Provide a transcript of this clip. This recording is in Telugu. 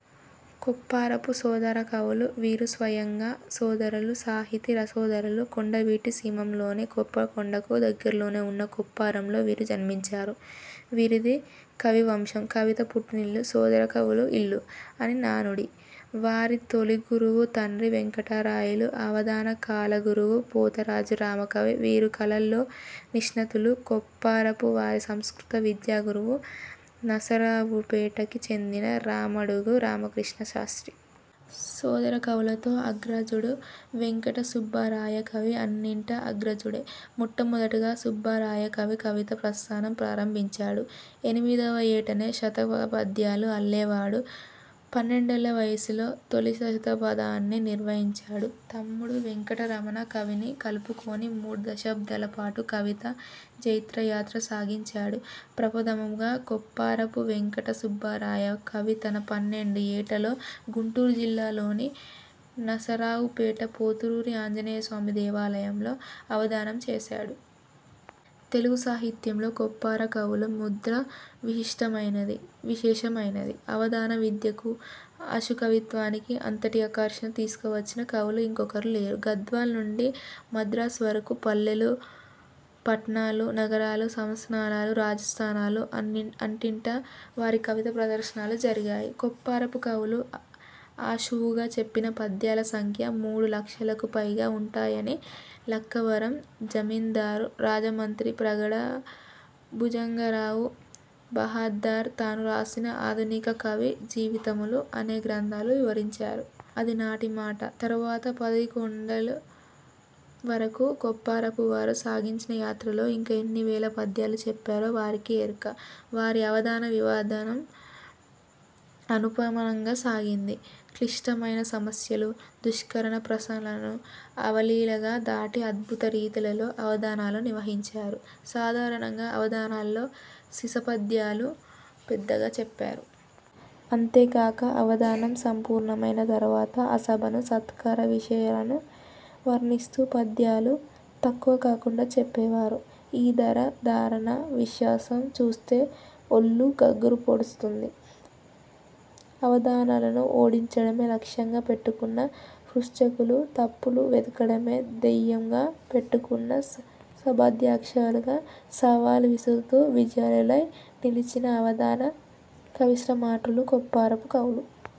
కొప్పరపు సోదరకవులు. వీరు స్వయంగా సోదరులు, సాహితీ రసోదరులు. కొండవీటి సీమలోని కోప్పకొండకు దగ్గరలో ఉన్న కొప్పరంలో వీరు జన్మించారు. వీరిది కవివంశం. 'కవిత పుట్టిల్లు సోదరకవుల ఇల్లు' అని నానుడి. వారి తొలిగురువు తండ్రి వేంకటరాయలు – అవధాన కళాగురువు పోతరాజు రామకవి. వీరు కళల్లో నిష్ణాతులు – కొప్పరపు వారి సంస్కృత విద్యా గురువు నసరావుపేటకు చెందిన రామడుగు రామకృష్ణశాస్ర్తి. సోదరకవులలో అగ్రజుడు వేంకటసుబ్బరాయకవి అన్నింటా అగ్రజుడే. మొట్టమొదటగా సుబ్బరాయకవి కవితా ప్రస్థానం ప్రారంభించాడు. ఎనిమిదవ ఏటనే శతకపద్యాలు అల్లేవాడు. పన్నెండేళ్ళ వయసులో తొలిశతావధానం నిర్వహించాడు. తమ్ముడు వేంకట రమణ కవిని కలుపుకొని మూడు దశాబ్దాల పాటు కవితా జైత్రయాత్ర సాగించాడు. ప్రప్రథమంగా కొప్పరపు వేంకటసుబ్బరాయ కవి తన పన్నెండో ఏట లో గుంటూరు జిల్లాలోని నసరావుపేట పాతూరి ఆంజనేయస్వామి దేవాలయంలో అవధానం చేసాడు. తెలుగు సాహిత్యంలో కొప్పరపుకవుల ముద్ర విశిష్టమైనది, విశేషమైనది. అవధాన విద్యకు, ఆశుకవిత్వానికి అంతటి ఆకర్షణ తీసుకువచ్చిన కవులు ఇంకొకరు లేరు. గద్వాల్ నుండి మద్రాసు వరకు పల్లెలు, పట్టణాలు, నగరాలు, సంస్థానాలు, రాజాస్థానాలు అన్నింటా వారి కవితా ప్రదర్శనలు జరిగాయి. కొప్పరపు కవులు ఆశువుగా చెప్పిన పద్యాల సంఖ్య మూడు లక్షలకు పైగా వుంటాయని లక్కవరం జమిందారు రాజా మంత్రి ప్రగడ భుజంగరావ్ బహద్దర్ తాను రాసిన 'ఆధునిక కవి జీవితములు' అనే గ్రంథంలో వివరించారు. అది నాటి మాట. తరువాత పదకొండేళ్ళు వరకు కొప్పరపు వారు సాగించిన యాత్రలో ఇంకా ఎన్నివేల పద్యాలు చెప్పారో వారికే ఎరుక. వారి అవధాన విధానం అనుపమానంగా సాగింది. క్లిష్టమైన సమస్యలు, దుష్కరప్రాసలను అవలీలగా దాటి అద్భుత రీతిలో అవధానాలు నిర్వహించారు. సాధారణంగా అవధానాల్లో సీసపద్యాలు పెద్దగా చెప్పరు. అంతేకాక, అవధానం సంపూర్ణమైన తరువాత ఆ సభను, సత్కార విశేలను వర్ణిస్తూ పద్యాలు తక్కువ కాకుండా చెప్పేవారు. ఈ ధార, ధారణా విన్యాసం చూస్తే ఒళ్ళు గగుర్పొడుస్తుంది. అవధానులను ఓడించడమే లక్ష్యంగా పెట్టుకున్న పృచ్ఛకులు, తప్పులు వెతకడమే ధయంగా పెట్టుకున్న సభాధ్యక్షులకు సవాల్ విసురుతూ విజయులై నిలిచిన అవధాన కవిసమ్రాటులు కొప్పరపు కవులు.